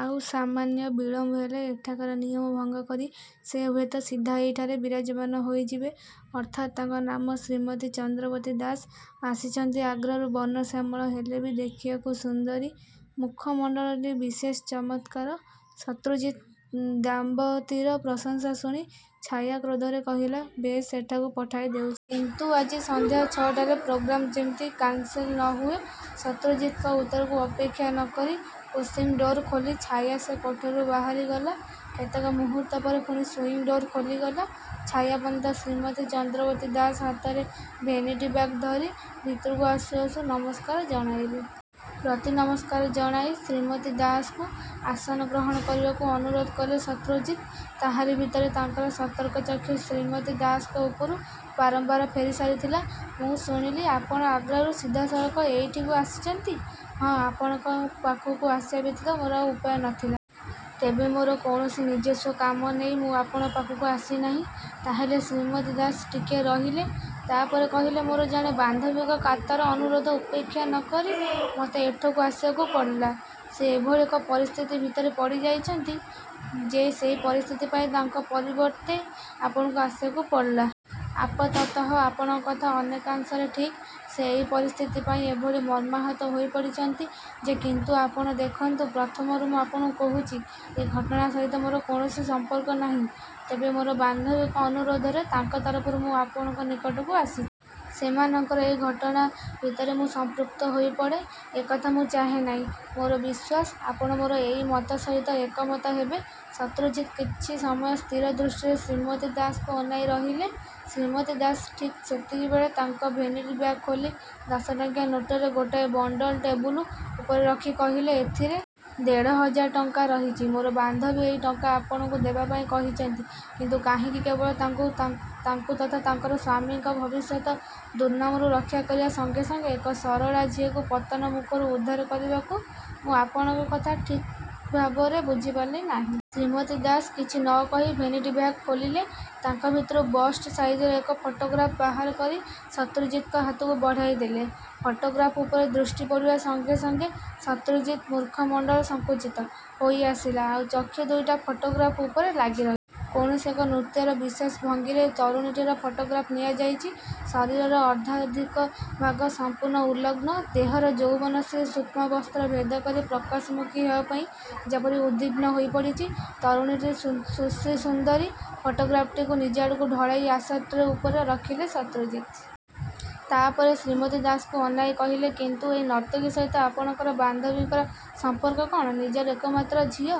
ଆଉ ସାମାନ୍ୟ ବିଳମ୍ବ ହେଲେ ଏଠାକାର ନିୟମ ଭଙ୍ଗ କରି ସେ ହୁଏତ ସିଧା ଏଇଠାରେ ବିରାଜମାନ ହେଇଯିବେ। ଅର୍ଥାତ୍ ତାଙ୍କ ନାମ ଶ୍ରୀମତୀ ଚନ୍ଦ୍ରବତୀ ଦାସ। ଆସିଛନ୍ତି ଆଗ୍ରାରୁ ବର୍ଣ୍ଣ ଶ୍ୟାମଳ ହେଲେ ବି ଦେଖିବାକୁ ସୁନ୍ଦରୀ। ମୁଖମଣ୍ତଳଟି ବିଶେଷ ଚମତ୍କାର। ଶତ୍ରୁଜିତ୍ ନ୍ଦ୍ରାବତୀର ପ୍ରଶଂସା ଶୁଣି ଛାୟା କ୍ରୋଧରେ କହିଲା ବେଶ୍ ଏଠାକୁ ପଠାଇ ଦେଉଛି। କିନ୍ତୁ ଆଜି ସନ୍ଧ୍ୟା ଛଅଟାରେ ପ୍ରୋଗ୍ରାମ ଯେମିତି କାନସେଲ ନ ହୁଏ! ଶତ୍ରୁଜିତଙ୍କ ଉତ୍ତରକୁ ଅପେକ୍ଷା ନ କରି ପୁସିଙ୍ଗ୍ ଡୋର ଖୋଲି ଛାୟା ସେ କୋଠରିରୁ ବାହାରିଗଲା। କେତେକ ମୁହୂର୍ତ୍ତ ପରେ ପୁଣି ସୁଇଂ ଡୋର ଖୋଲିଗଲା। ଛାୟାବର୍ଣ୍ଣିତ ଶ୍ରୀମତୀ ଚନ୍ଦ୍ରବତୀ ଦାସ ହାତରେ ଭେନିଟି ବ୍ୟାଗ ଧରି ଭିତରକୁ ଆସୁ ଆସୁ ନମସ୍କାର ଜଣାଇଲେ। ପ୍ରତିନମସ୍କାର ଜଣାଇ ଶ୍ରୀମତୀ ଦାସଙ୍କୁ ଆସନ ଗ୍ରହଣ କରିବାକୁ ଅନୁରୋଧ କଲେ ଶତ୍ରୁଜିତ୍। ତାହାରି ଭିତରେ ତାଙ୍କର ସତର୍କ ଚକ୍ଷୁ ଶ୍ରୀମତୀ ଦାସଙ୍କ ଉପରୁ ବାରମ୍ବାର ଫେରିସାରିଥିଲା। ମୁଁ ଶୁଣିଲି, ଆପଣ ଆଗ୍ରାରୁ ସିଧାସଳଖ ଏଇଠିକୁ ଆସିଛନ୍ତି? ହଁ, ଆପଣଙ୍କ ପାଖକୁ ଆସିବା ବ୍ୟତୀତ ମୋର ଆଉ ଉପାୟ ନ ଥିଲା। ତେବେ ମୋର କୌଣସି ନିଜସ୍ୱ କାମ ନେଇ ମୁଁ ଆପଣ ପାଖକୁ ଆସିନାହିଁ। ତା ହେଲେ ଶ୍ରୀମତୀ ଦାସ ଟିକିଏ ରହିଲେ। ତା ପରେ କହିଲେ ମୋର ଜଣେ ବାନ୍ଧବୀଙ୍କ କାତର ଅନୁରୋଧ ଉପେକ୍ଷା ନ କରି ମୋତେ ଏଠକୁ ଆସିବାକୁ ପଡ଼ିଲା। ସେ ଏଭଳି ଏକ ପରିସ୍ଥିତି ଭିତରେ ପଡ଼ିଯାଇଛନ୍ତି ଯେ ସେଇ ପରିସ୍ଥିତି ପାଇଁ ତାଙ୍କ ପରିବର୍ତ୍ତେ ଆପଣଙ୍କୁ ଆସିବାକୁ ପଡ଼ିଲା? ଆପାତତଃ ଆପଣଙ୍କ କଥା ଅନେକାଂଶରେ ଠିକ୍। ସେ ଏଇ ପରିସ୍ଥିତି ପାଇଁ ଏଭଳି ମର୍ମାହତ ହୋଇପଡ଼ିଛନ୍ତି ଯେ କିନ୍ତୁ ଆପଣ ଦେଖନ୍ତୁ, ପ୍ରଥମରୁ ମୁଁ ଆପଣଙ୍କୁ କହୁଛି ।ଏ ଘଟଣା ସହିତ ମୋର କୌଣସି ସମ୍ପର୍କ ନାହିଁ। ତେବେ ମୋର ବାନ୍ଧବୀଙ୍କ ଅନୁରୋଧରେ ତାଙ୍କ ତରଫରୁ ମୁଁ ଆପଣଙ୍କ ନିକଟକୁ ଆସିଛି। ସେମାନଙ୍କର ଏଇ ଘଟଣା ଭିତରେ ମୁଁ ସଂପୃକ୍ତ ହୋଇପଡ଼େଁ ଏ କଥା ମୁଁ ଚାହେ ନାହିଁ। ମୋର ବିଶ୍ୱାସ, ଆପଣ ମୋର ଏଇ ମତ ସହିତ ଏକମତ ହେବେ। ଶତ୍ରୁଜିତ୍ କିଛି ସମୟ ସ୍ଥିର ଦୃଷ୍ଟିରେ ଶ୍ରୀମତୀ ଦାସଙ୍କୁ ଅନାଇ ରହିଲେ। ଶ୍ରୀମତୀ ଦାସ ଠିକ୍ ସେତିକିବେଳେ ତାଙ୍କ ଭେନିଟି ବ୍ୟାଗ ଖୋଲି ଦଶଟଙ୍କିଆ ନୋଟରେ ଗୋଟାଏ ବଣ୍ତଲ ଟେବୁଲ ଉପରେ ରଖି କହିଲେ ।ଏଥିରେ ଦେଢ଼ହଜାର ଟଙ୍କା ରହିଛି। ମୋର ବାନ୍ଧବୀ ଏଇ ଟଙ୍କା ଆପଣଙ୍କୁ ଦେବାପାଇଁ କହିଛନ୍ତି। କିନ୍ତୁ କାହିଁକି? କେବଳ ତାଙ୍କୁ ତାଙ୍କୁ ତଥା ତାଙ୍କର ସ୍ୱାମୀଙ୍କୁ ଭବିଷ୍ୟତ ଦୁର୍ନାମରୁ ରକ୍ଷା କରିବା ସଙ୍ଗେ ସଙ୍ଗେ ଏକ ସରଳା ଝିଅକୁ ପତନ ମୂଖରୁ ଉଦ୍ଧାର କରିବାକୁ। ମୁଁ ଆପଣଙ୍କ କଥା ଠିକ୍ଭାବରେ ବୁଝିପାରିଲି ନାହିଁ। ଶ୍ରୀମତୀ ଦାସ କିଛି ନ କହି ଭେନିଟି ବ୍ୟାଗ ଖୋଲିଲେ। ତାଙ୍କ ଭିତରୁ ବଷ୍ଟ୍ ସାଇଜର ଏକ ଫଟୋଗ୍ରାଫ୍ ବାହାରକରି ଶତ୍ରୁଜିତଙ୍କ ହାତକୁ ବଢ଼ାଇଦେଲେ। ଫଟୋଗ୍ରାଫ୍ ଉପରେ ଦୃଷ୍ଟି ପଡ଼ିବା ସଙ୍ଗେ ସଙ୍ଗେ ସତ୍ରୁଜିତ୍ମୂଖମଣ୍ତଳ ସଂକୁଚିତ ।ହୋଇଆସିଲା। ଆଉ ଚକ୍ଷୁ ଦୁଇଟା ଫଟୋଗ୍ରାଫ୍ ଉପରେ ଲାଗିରହିଲା। କୌଣସି ଏକ ନୃତ୍ୟର ବିଶେଷ ଭଙ୍ଗୀରେ ତରୁଣୀଟିର ଫଟୋଗ୍ରାଫ୍ ନିଆଯାଇଛି। ଶରୀରର ଅର୍ଦ୍ଧାଧିକ ଭାଗ ସମ୍ପୂର୍ଣ୍ଣ ଉଲଗ୍ନ। ଦେହର ଯୌବନଶ୍ରୀ ସୂକ୍ଷ୍ମ ବସ୍ତ୍ର ଭେଦ କରି ପ୍ରକାଶମୂଖୀ ହେବାପାଇଁ ଯେପରି ଉଦ୍ବିଘ୍ନ ହୋଇପଡ଼ିଛି। ତରୁଣୀଟି ସୁଶ୍ରୀସୁନ୍ଦରୀ। ଫଟୋଗ୍ରାଫ୍ଟିକୁ ନିଜଆଡ଼କୁ ଢଳାଇ ଆସଟ୍ରେ ଉପରେ ରଖିଲେ ଶତ୍ରୁଜିତ୍। ତା ପରେ ଶ୍ରୀମତୀ ଦାସଙ୍କୁ ଅନାଇ କହିଲେ—କିନ୍ତୁ ଏଇ ନର୍ତ୍ତକୀ ସହିତ ଆପଣଙ୍କର ବାନ୍ଧବୀଙ୍କର ସମ୍ପର୍କ କଣ? ନିଜର ଏକମାତ୍ର ଝିଅ।